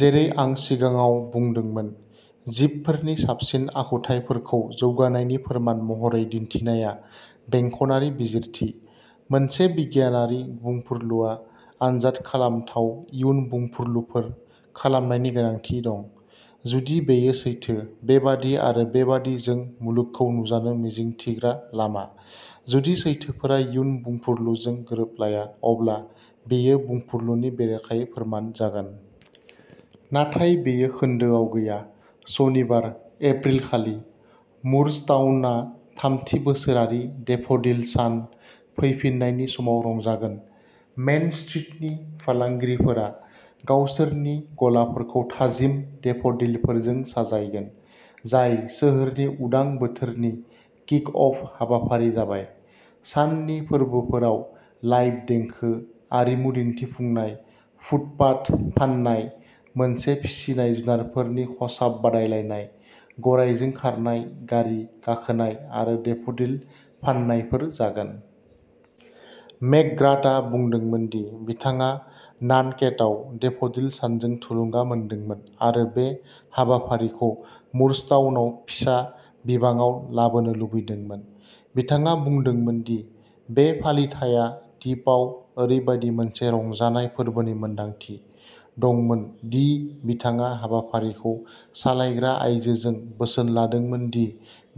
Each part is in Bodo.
जेरै आं सिगाङाव बुंदोंमोन, जिबफोरनि साबसिन आखुथायफोरखौ जौगानायनि फोरमान महरै दिन्थिनाया बेंखनारि बिजिरथि। मोनसे बिगियानारि बुंफुरलुआ आनजाद खालामथाव इयुन बुंफुरलुफोर खालामनायनि गोनांथि दंः जुदि बेयो सैथो, बेबादि-आरो-बेबादि जों मुलुगखौ नुजानो मिजिंथिग्रा लामा। जुदि सैथोफोरा इयुन बुंफुरलुजों गोरोबलाया, अब्ला बेयो बुंफुरलुनि बेरेखायै फोरमान जागोन। नाथाय बेयो खोन्दोआव गैया। सनिबार, एप्रिल खालि, मुरस्टाउनआ थामथि बोसोरारि डेफ'डिल सान फैफिन्नायनि समाव रंजागोन। मेन स्ट्रीटनि फालांगिफोरा गावसोरनि गलाफोरखौ थाजिम डेफ'डिलफोरजों साजायगोन, जाय सोहोरनि उदां बोथोरनि किक-अफ हाबाफारि जाबाय। साननि फोरबोफोराव लाइभ देंखो, आरिमु दिन्थिफुंनाय, फुटपाथ फान्नाय, मोनसे फिसिनाय जुनारफोरनि खसाब बादायलायनाय, गरायजों खारनाय गारि गाखोनाय आरो डेफ'डिल फान्नायफोर जागोन। मेकग्राथआ बुंदोंमोन दि बिथाङा नान्टकेटआव डेफ'डिल सानजों थुलुंगा मोन्दोंमोन आरो बे हाबाफारिखौ मुरस्टाउनआव फिसा बिबाङाव लाबोनो लुबैदोंमोन। बिथाङा बुंदोंमोन दि बे फालिथाइया दिपआव ओरैबायदि मोनसे "रंजानाय, फोरबोनि मोनदांथि" दंमोन दि बिथाङा हाबाफारिखौ सालायग्रा आयजोजों बोसोन लादोंमोन दि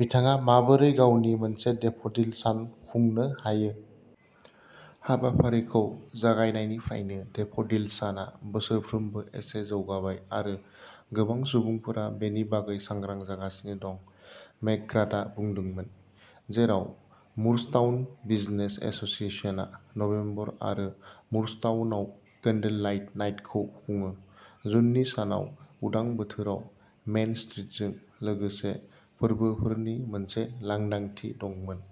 बिथाङा माबोरै गावनि मोनसे डेफ'डिल सान खुंनो हायो। हाबाफारिखौ जागायनायनिफ्रायनो, डेफ'डिल साना बोसोरफ्रोमबो एसे जौगाबाय आरो गोबां सुबुंफोरा बेनि बागै सांग्रां जागासिनो दं, मेकग्राथआ बुंदोंमोन। जेराव मुरस्टाउन बिजनेस एस'सिएशनआ नबेम्बर आरो मुरस्टाउनआव कैन्डललाइट नाइटखौ खुङो। जुननि सानाव, उदां बोथोराव मेन स्ट्रिटजों लोगोसे फोरबोफोरनि मोनसे लांदांथि दंमोन।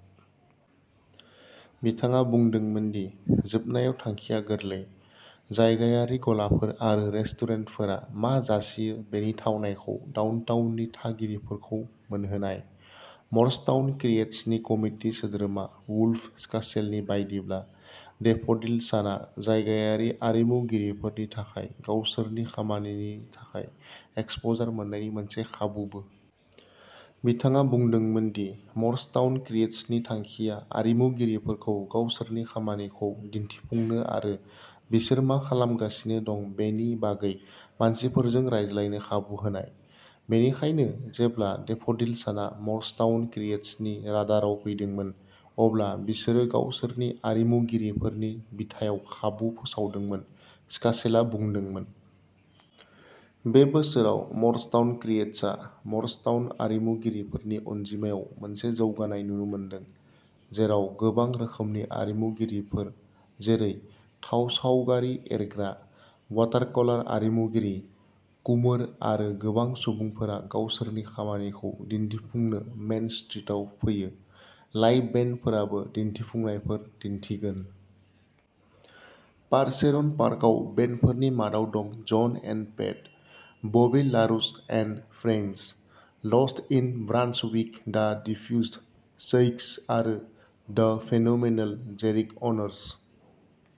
बिथाङा बुंदोंमोन दि जोबनायाव थांखिया गोरलैः जायगायारि गलाफोर आरो रेस्टुरेन्टफोरा मा जासियो बेनि थावनायखौ डाउनटाउननि थागिरिफोरखौ मोनहोनाय। मरस्टाउन क्रिएट्सनि कमिटि सोद्रोमा वुल्फ स्कासेलनि बायदिब्ला, डेफ'डिल सानआ जायगायारि आरिमुगिरिफोरनि थाखाय गावसोरनि खामानिनि थाखाय एक्सप'जार मोन्नायनि मोनसे खाबुबो। बिथाङा बुंदोंमोन दि मरस्टाउन क्रिएट्सनि थांखिया आरिमुगिरिफोरखौ गावसोरनि खामानिखौ दिन्थिफुंनो आरो बिसोर मा खालामगासिनो दं बेनि बागै मानसिफोरजों रायज्लायनो खाबु होनाय। बेनिखायनो, जेब्ला डेफ'डिल साना मरस्टाउन क्रिएट्सनि राडारआव फैदोंमोन, अब्ला बिसोरो गावसोरनि आरिमुगिरिफोरनि बिथायाव खाबु फोसावदोंमोन, स्कासेलआ बुंदोंमोन। बे बोसोराव, मरस्टाउन क्रिएट्सआ मरस्टाउन आरिमुगिरिफोरनि अनजिमायाव मोनसे जौगानाय नुनो मोनदों, जेराव गोबां रोखोमनि आरिमुगिरिफोर जेरै थाव सावगारि एरग्रा, वाटारकलार आरिमुगिरि, कुमोर आरो गोबां सुबुंफोरा गावसोरनि खामानिखौ दिन्थिफुंनो मेन स्ट्रिटआव फैयो। लाइभ बेन्डफोराबो दिन्थिफुंनायफोर दिन्थिगोन। पारचेरन पार्कआव बेन्डफोरनि मादाव दं जन and pet!, Bobby लारुस'एन्ड friends, lost in Brunswick, the diffused, sax आरो द फेनोमेनल जेरिक'हर्नस।